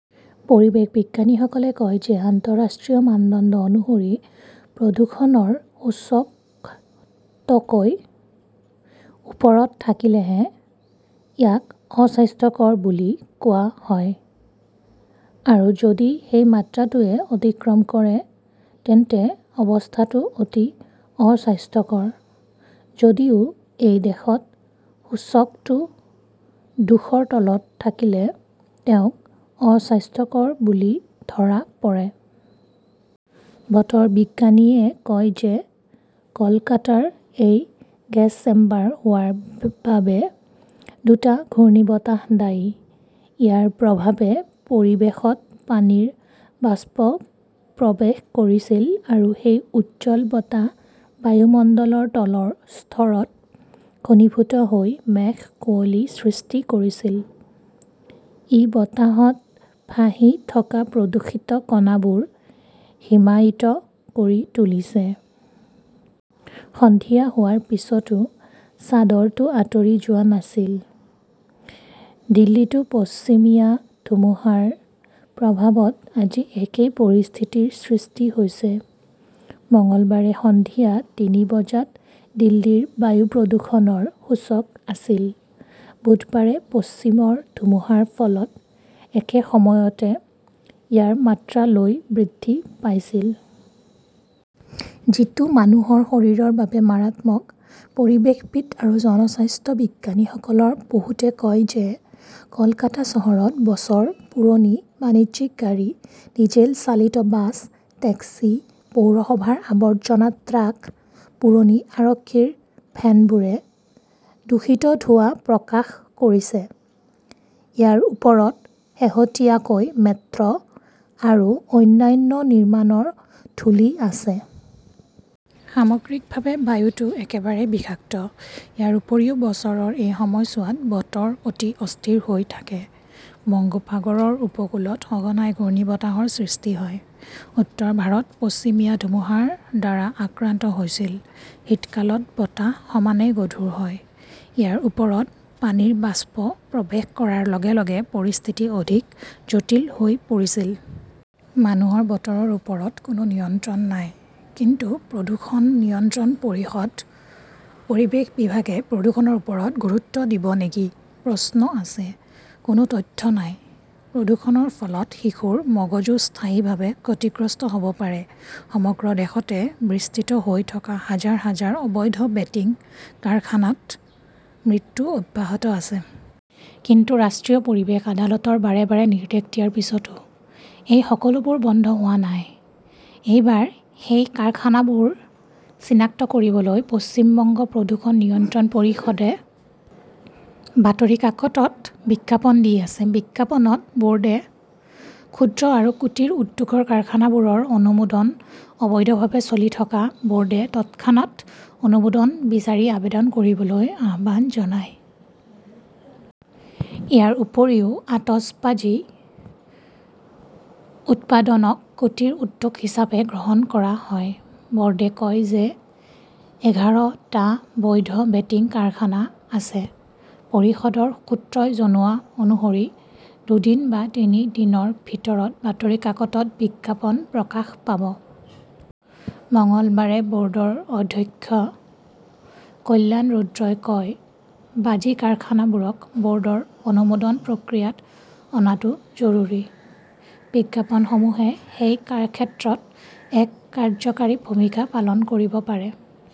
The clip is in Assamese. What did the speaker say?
পৰিৱেশ বিজ্ঞানীসকলে কয় যে আন্তঃৰাষ্ট্ৰীয় মানদণ্ড অনুসৰি প্ৰদূষণৰ সূচক তকৈ ওপৰত থাকিলেহে ইয়াক 'অস্বাস্থ্যকৰ বুলি কোৱা হয়। আৰু যদি সেই মাত্ৰাটোৱে অতিক্ৰম কৰে, তেন্তে অৱস্থাটো 'অতি অস্বাস্থ্যকৰ'। যদিও এই দেশত সূচকটো দুশৰ তলত থাকিলে তেওঁক 'অস্বাস্থ্যকৰ বুলি ধৰা পৰে। বতৰ বিজ্ঞানীসকলে কয় যে কলকাতাৰ এই 'গেছ চেম্বাৰ হোৱাৰ বাবে দুটা ঘূৰ্ণীবতাহ দায়ী। ইয়াৰ প্ৰভাৱে পৰিৱেশত পানীৰ বাষ্প প্ৰৱেশ কৰিছিল আৰু সেই উজ্জ্বল বতাহ বায়ুমণ্ডলৰ তলৰ স্তৰত ঘনীভূত হৈ মেঘ-কুঁৱলী সৃষ্টি কৰিছিল। ই বতাহত ভাহি থকা প্ৰদূষিত কণাবোৰ হিমায়িত কৰি তুলিছে। সন্ধিয়া হোৱাৰ পিছতো চাদৰটো আঁতৰি যোৱা নাছিল। দিল্লীতো পশ্চিমীয়া ধুমুহাৰ প্ৰভাৱত আজি একেই পৰিস্থিতিৰ সৃষ্টি হৈছে। মঙলবাৰে সন্ধিয়া তিনি বজাত দিল্লীৰ বায়ু প্ৰদূষণৰ সূচক আছিল। বুধবাৰে পশ্চিমৰ ধুমুহাৰ ফলত একে সময়তে ইয়াৰ মাত্ৰা লৈ বৃদ্ধি পাইছিল। যিটো মানুহৰ শৰীৰৰ বাবে মাৰাত্মক। পৰিৱেশবিদ আৰু জনস্বাস্থ্য বিজ্ঞানীসকলৰ বহুতে কয় যে কলকাতা চহৰত বছৰ পুৰণি বাণিজ্যিক গাড়ী, ডিজেল চালিত বাছ, টেক্সি, পৌৰসভাৰ আবৰ্জনা ট্ৰাক, পুৰণি আৰক্ষীৰ ভেনবোৰে দূষিত ধোঁৱা প্ৰকাশ কৰিছে। ইয়াৰ ওপৰত শেহতীয়াকৈ মেট্ৰ 'আৰু অন্যান্য নিৰ্মাণৰ ধূলি আছে। সামগ্ৰিকভাৱে, বায়ুটো একেবাৰে বিষাক্ত। ইয়াৰ উপৰিও বছৰৰ এই সময়ছোৱাত বতৰ অতি অস্থিৰ হৈ থাকে। বংগোপসাগৰৰ উপকূলত সঘনাই ঘূৰ্ণীবতাহৰ সৃষ্টি হয়। উত্তৰ ভাৰত পশ্চিমীয়া ধুমুহাৰ দ্বাৰা আক্ৰান্ত হৈছিল। শীতকালত বতাহ সমানেই গধুৰ হয়। ইয়াৰ ওপৰত পানীৰ বাষ্প প্ৰৱেশ কৰাৰ লগে লগে পৰিস্থিতি অধিক জটিল হৈ পৰিছিল। মানুহৰ বতৰৰ ওপৰত কোনো নিয়ন্ত্ৰণ নাই। কিন্তু প্ৰদূষণ নিয়ন্ত্ৰণ পৰিষদ, পৰিৱেশ বিভাগে প্ৰদূষণৰ ওপৰত গুৰুত্ব দিব নেকি? প্ৰশ্ন আছে। কোনো তথ্য নাই। প্ৰদূষণৰ ফলত শিশুৰ মগজু স্থায়ীভাৱে ক্ষতিগ্ৰস্ত হব পাৰে! সমগ্ৰ ৰাজ্যতে বিস্তৃত হৈ থকা হাজাৰ-হাজাৰ অবৈধ বেটিং কাৰখানাত মৃত্যু অব্যাহত আছে। কিন্তু ৰাষ্ট্ৰীয় পৰিৱেশ আদালতৰ বাৰে বাৰে নিৰ্দেশ দিয়াৰ পিছতো এই সকলোবোৰ বন্ধ হোৱা নাই। এইবাৰ সেই কাৰখানাবোৰ চিনাক্ত কৰিবলৈ পশ্চিম বংগ প্ৰদূষণ নিয়ন্ত্ৰণ পৰিষদে বাতৰি কাকতত বিজ্ঞাপন দি আছে। বিজ্ঞাপনত বোৰ্ডে ক্ষুদ্ৰ আৰু কুটীৰ উদ্যোগৰ কাৰখানাবোৰৰ অনুমোদন অবৈধভাৱে চলি থকা বোৰ্ডে তৎক্ষণাত অনুমোদন বিচাৰি আবেদন কৰিবলৈ আহ্বান জনায়। ইয়াৰ উপৰিও, আতচবাজী উৎপাদনক কুটিৰ উদ্যোগ হিচাপে গণ্য কৰা হয়। বৰ্ডে কয় যে এঘাৰ টা বৈধ বেটিং কাৰখানা আছে। পৰিষদৰ সূত্ৰই জনোৱা অনুসৰি দুদিন বা তিনি দিনৰ ভিতৰত বাতৰি কাকতত বিজ্ঞাপন প্ৰকাশ পাব। মঙলবাৰে বৰ্ডৰ অধ্যক্ষ কল্যাণ ৰুদ্ৰই কয়, বাজি কাৰখানাবোৰক বৰ্ডৰ অনুমোদন প্ৰক্ৰিয়াত অনাটো জৰুৰী। বিজ্ঞাপনসমূহে সেই ক্ষেত্ৰত এক কাৰ্যকৰী ভূমিকা পালন কৰিব পাৰে।